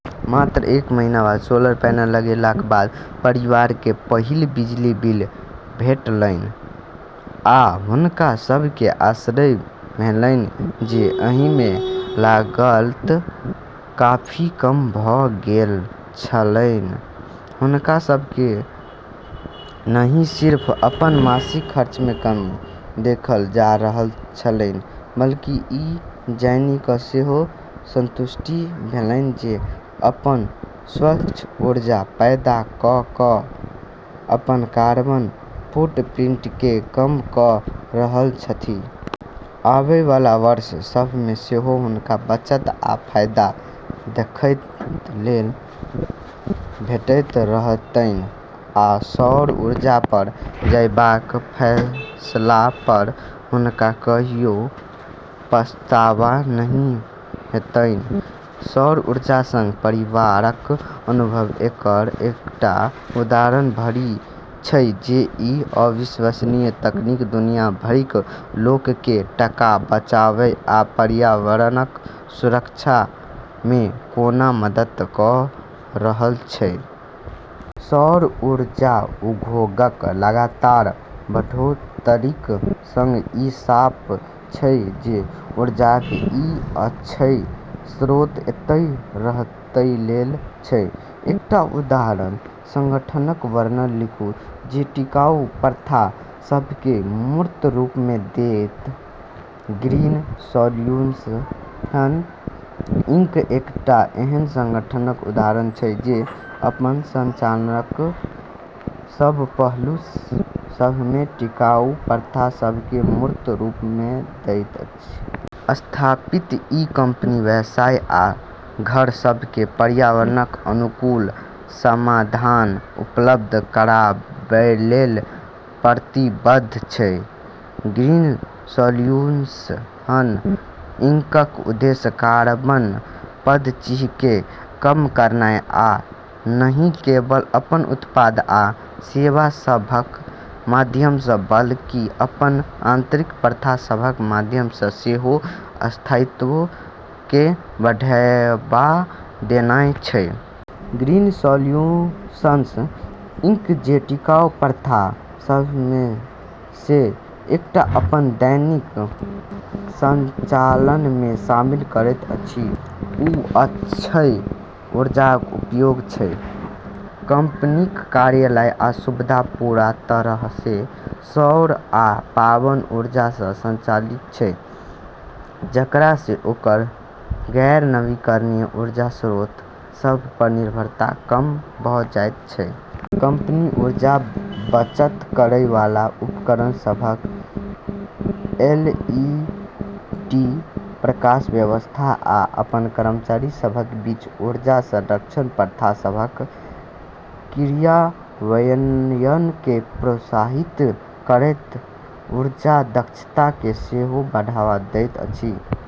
मात्र एक महीना बाद सोलर पैनल लगबैलाक बाद परिवारकेँ पहिल बिजली बिल भेटलैन, आ हुनका सभकेँ आश्चर्य भेलैन जे एहिमे लागत काफी कम भऽ गेल छलैन। हुनका सभकेँ नहि सिर्फ अपन मासिक खर्चमे कमी देखल जा रहल छलैन, बल्कि ई जानि कऽ सेहो संतुष्टि भेलैन जे ओ अपन स्वच्छ ऊर्जा पैदा कऽ कऽ अपन कार्बन फुटप्रिंटकेँ कम कऽ रहल छथि। आवै वाला वर्ष सभमे सेहो हुनका बचत आ फायदा देखैलेल भेटैत रहतैन, आ सौर ऊर्जापर जयबाक फैसलापर हुनका कहियो पछतावा नहि हेतैन। सौर ऊर्जाक संग परिवारक अनुभव एकर एकटा उदाहरण भरि छै जे ई अविश्वसनीय तकनीक दुनिया भरिक लोककेँ टका बचाबै आ पर्यावरणक सुरक्षामे कोना मदद कऽ रहल छै। सौर ऊर्जा उद्योगक लगातार बढ़ोत्तरीक संग ई साफ छै जे ऊर्जाक ई अक्षय स्रोत एतय रहैलेल छै। एकटा उदाहरण संगठनक वर्णन लिखू जे टिकाऊ प्रथा सभकेँ मूर्त रूप देत। ग्रीन सॉल्यूशंस इंक एकटा एहन संगठनक उदाहरण छै जे अपन संचालनक सब पहलू सभमे टिकाऊ प्रथा सभकेँ मूर्त रूप दैत अछि। स्थापित ई कंपनी व्यवसाय आ घर सभकेँ पर्यावरणक अनुकूल समाधान उपलब्ध कराबैलेल प्रतिबद्ध छै। ग्रीन सॉल्यूशंस इंकक उद्देश्य कार्बन पदचिह्नकेँ कम करनाइ आ नहि केवल अपन उत्पाद आ सेवा सभक माध्यमसँ बल्कि अपन आंतरिक प्रथा सभक माध्यमसँ सेहो स्थायित्वकेँ बढ़ावा देनाइ छै। ग्रीन सॉल्यूशंस इंक जे टिकाऊ प्रथा सभमेसँ एकटा अपन दैनिक संचालनमे शामिल करैत अछि, ओ अक्षय ऊर्जाक उपयोग छै। कंपनीक कार्यालय आ सुविधा पूरा तरहसँ सौर आ पवन ऊर्जासँ संचालित छै, जेकरासँ ओकर गैर-नवीनीकरणीय ऊर्जा स्रोत सभपर निर्भरता कम भऽ जाइत छै। कंपनी ऊर्जा बचत करै वाला उपकरण सभक, एलईडी प्रकाश व्यवस्था, आ अपन कर्मचारी सभक बीच ऊर्जा संरक्षण प्रथा सभक क्रियान्वयनकेँ प्रोत्साहित करैत ऊर्जा दक्षताकेँ सेहो बढ़ावा दैत अछि।